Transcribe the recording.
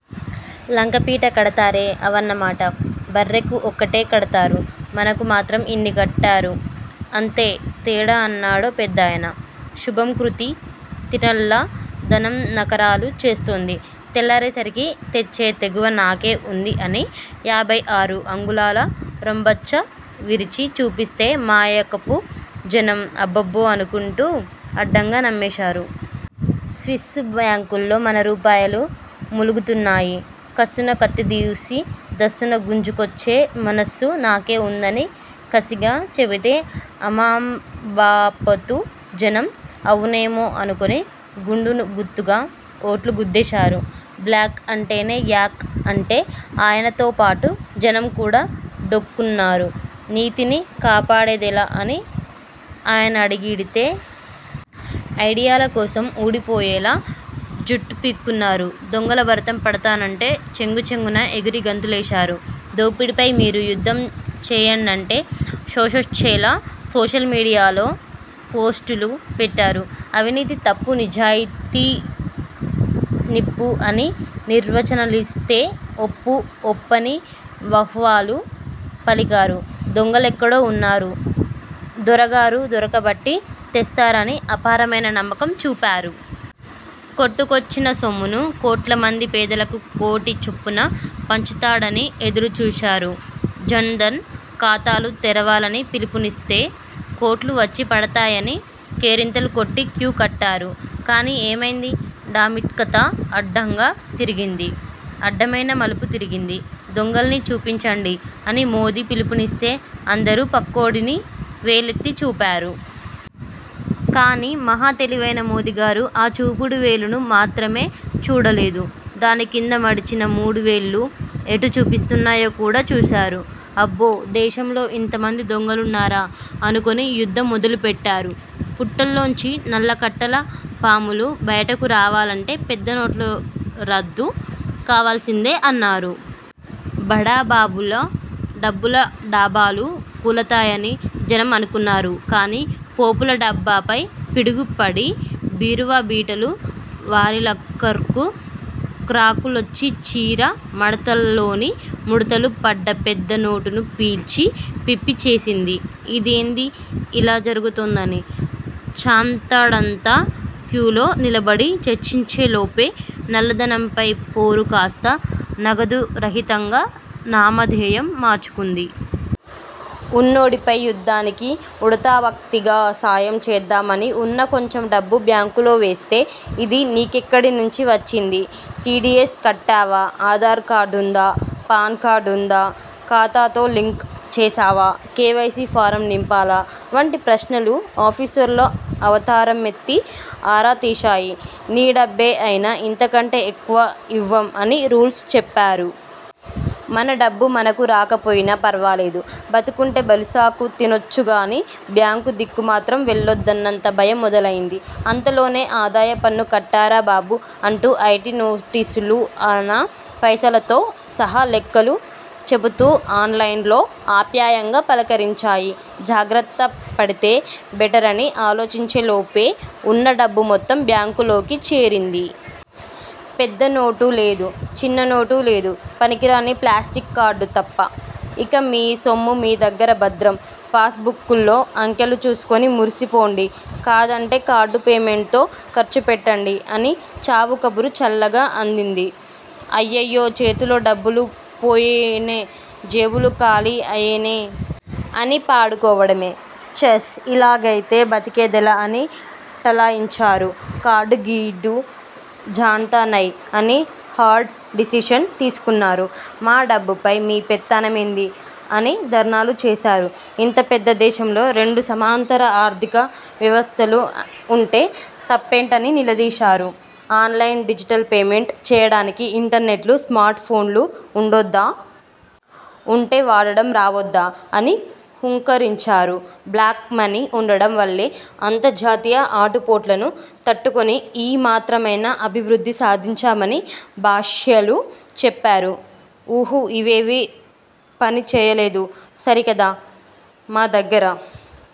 లంకెపీట కడతారే అవన్నమాట. బర్రెకు ఒక్కటే కడతారు. మనకు మాత్రం ఇన్ని కట్టారు. అంతే తేడా అన్నాడో పెద్దాయన. శుభంకృతి తినల్ల ధనం నకరాలు చేస్తోంది. తెల్లారేసరికి తెచ్చే తెగువ నాకే ఉందిఅని యాభై ఆరు అంగుళాల రొంబచ్చ విరిచి చూపిస్తే మాయకపు జనం అబ్బబ్బో అనుకుంటూ అడ్డంగా నమ్మేశారు. స్విస్సు బ్యాంకుల్లో మన రూపాయలు మూలుగుతున్నాయి. కస్సున కత్తిదూసి దస్సున గుంజుకొచ్చే మనస్సు నాకే ఉందని కసిగా చెబితేఅమాం బాపతు జనం అవునేమో అనుకుని గుండున గుత్తగా ఓట్లు గుద్దేశారు. బ్లాక్ అంటేనే యాక్ అంటే ఆయనతోపాటు జనం కూడా డోక్కున్నారు. నీతిని కాపాడెదెలా అని ఆయన అడిగిడితే.. ఐడియాల కోసం ఊడిపోయేలా జుట్టు పీక్కున్నారు. దొంగల భరతం పడతానంటే చెంగుచెంగున ఎగిరి గంతులేశారు. దోపిడీపై మీరూ యుద్ధం చేయండంటే శోషొచ్చేలా సోషల్ మీడియాలో పోస్టులు పెట్టారు. అవినీతి తప్పు నిజాయతీ నిప్పు అని నిర్వచనలిస్తే ఒప్పు ఒప్పని వహ్వాలు పలికారు. దొంగలెక్కడో ఉన్నారు. దొరగారు దొరకబట్టి తెస్తారని అపారమైన నమ్మకం చూపారు. కొట్టుకొచ్చిన సొమ్మును కోట్ల మంది పేదలకు కోటి చొప్పున పంచుతాడని ఎదురుచూశారు! జన్ధన్ ఖాతాలు తెరవాలని పిలుపునిస్తే, కోట్లు వచ్చి పడతాయని కేరింతలు కొట్టి క్యూ కట్టారు! కానీ ఏమైంది?! డామిట్కథ అడ్డంగా తిరిగింది!! అడ్డమైన మలుపు తిరిగింది!!! దొంగల్ని చూపించండి అని మోదీ పిలుపునిస్తే అందరూ పక్కోడిని వేలెత్తి చూపారు. కానీ మహా తెలివైన మోదీగారు ఆ చూపుడు వేలును మాత్రమే చూడలేదు. దానికింద మడిచిన మూడువేళ్లు ఎటు చూపిస్తున్నాయో కూడా చూశారు. అబ్బో దేశంలో ఇంతమంది దొంగలున్నారా అనుకుని యుద్ధం మొదలుపెట్టారు. పుట్టల్లోంచి నల్ల కట్టల పాములు బయటకు రావాలంటే పెద్ద నోట్లు రద్దు కావాల్సిందే అన్నారు. బడాబాబుల డబ్బుల డాబాలు కూలతాయని జనం అనుకున్నారు. కానీ పోపుల డబ్బాపై పిడుగు పడి.. బీరువా బీటలు వారిలక్కర్కు క్రాకులొచ్చిచీర మడతల్లోని ముడుతలు పడ్డ పెద్ద నోటును పీల్చి పిప్పి చేసింది. ఇదేంది ఇలా జరుగుతోందని.. చాంతాడంత క్యూలో నిలబడి చర్చించేలోపే.. నల్లధనంపై పోరు కాస్తా నగదురహితంగా నామధేయం మార్చుకుంది! ఉన్నోడిపై యుద్ధానికి ఉడతాభక్తిగా సాయం చేద్దామని ఉన్న కొంచెం డబ్బు బ్యాంకులో వేస్తే.. ఇది నీకెక్కడి నుంచి వచ్చింది? టీడీఎస్ కట్టావా? ఆధార్ కార్డుందా? పాన్ కార్డుందా? ఖాతాతో లింక్ చేశావా? కేవైసీ ఫారం నింపాలా? వంటి ప్రశ్నలు ఆఫీసర్ల అవతారమెత్తి ఆరా తీశాయి. నీ డబ్బే అయినా ఇంతకంటే ఎక్కువ ఇవ్వం అని రూల్స్ చెప్పారు. మన డబ్బు మనకు రాకపోయినా పర్వాలేదు. బతికుంటే బలుసాకు తినొచ్చుగానీ బ్యాంకు దిక్కు మాత్రం వెళ్లొద్దన్నంత భయం మొదలైంది. అంతలోనే ఆదాయపన్ను కట్టరా బాబూ అంటూ ఐటీ నోటీసులుఅణా పైసలతో సహా లెక్కలు చెబుతూఆన్లైన్లో ఆప్యాయంగా పలకరించాయి. జాగ్రత్త పడితే బెటరని ఆలోచించేలోపేఉన్న డబ్బు మొత్తం బ్యాంకులోకి చేరింది. పెద్ద నోటూ లేదు. చిన్న నోటూ లేదు. పనికిరాని ప్లాస్టిక్ కార్డు తప్ప! ఇక మీ సొమ్ము మీ దగ్గర భద్రం.. పాస్ బుక్కుల్లో అంకెలు చూసుకుని మురిసిపోండి.. కాదంటే కార్డు పేమెంట్తో ఖర్చు పెట్టండి.. అని చావు కబురు చల్లగా అందింది! అయ్యయ్యో చేతులో డబ్బులు పోయెనేజేబులు ఖాళీ ఆయనే.. అని పాడుకోవడమే. ఛస్.. ఇలాగైతే బతికేదెలా అని ఠలాయించారు. కార్డు గీర్డు జాన్తా నై అని హార్డ్ డెసిషన్ తీసుకున్నారు. మా డబ్బుపై మీ పెత్తనమేంది అని ధర్నాలు చేశారు. ఇంత పెద్ద దేశంలో రెండు సమాంతర ఆర్థిక వ్యవస్థలు ఉంటే తప్పేంటని నిలదీశారు. ఆన్లైన్, డిజిటల్ పేమెంట్ చేయడానికి ఇంటర్నెట్టు స్మార్ట్ ఫోన్లు ఉండొద్దా? ఉంటే వాడడం రావొద్దా? అని హూంకరించారు. బ్లాక్ మనీ ఉండడం వల్లే అంతర్జాతీయ ఆటుపోట్లను తట్టుకుని ఈ మాత్రమైనా అభివృద్ధి సాధించామని భాష్యాలు చెప్పారు. ఉహూఇవేవీ పని చేయలేదు. సరికదా.. మా దగ్గర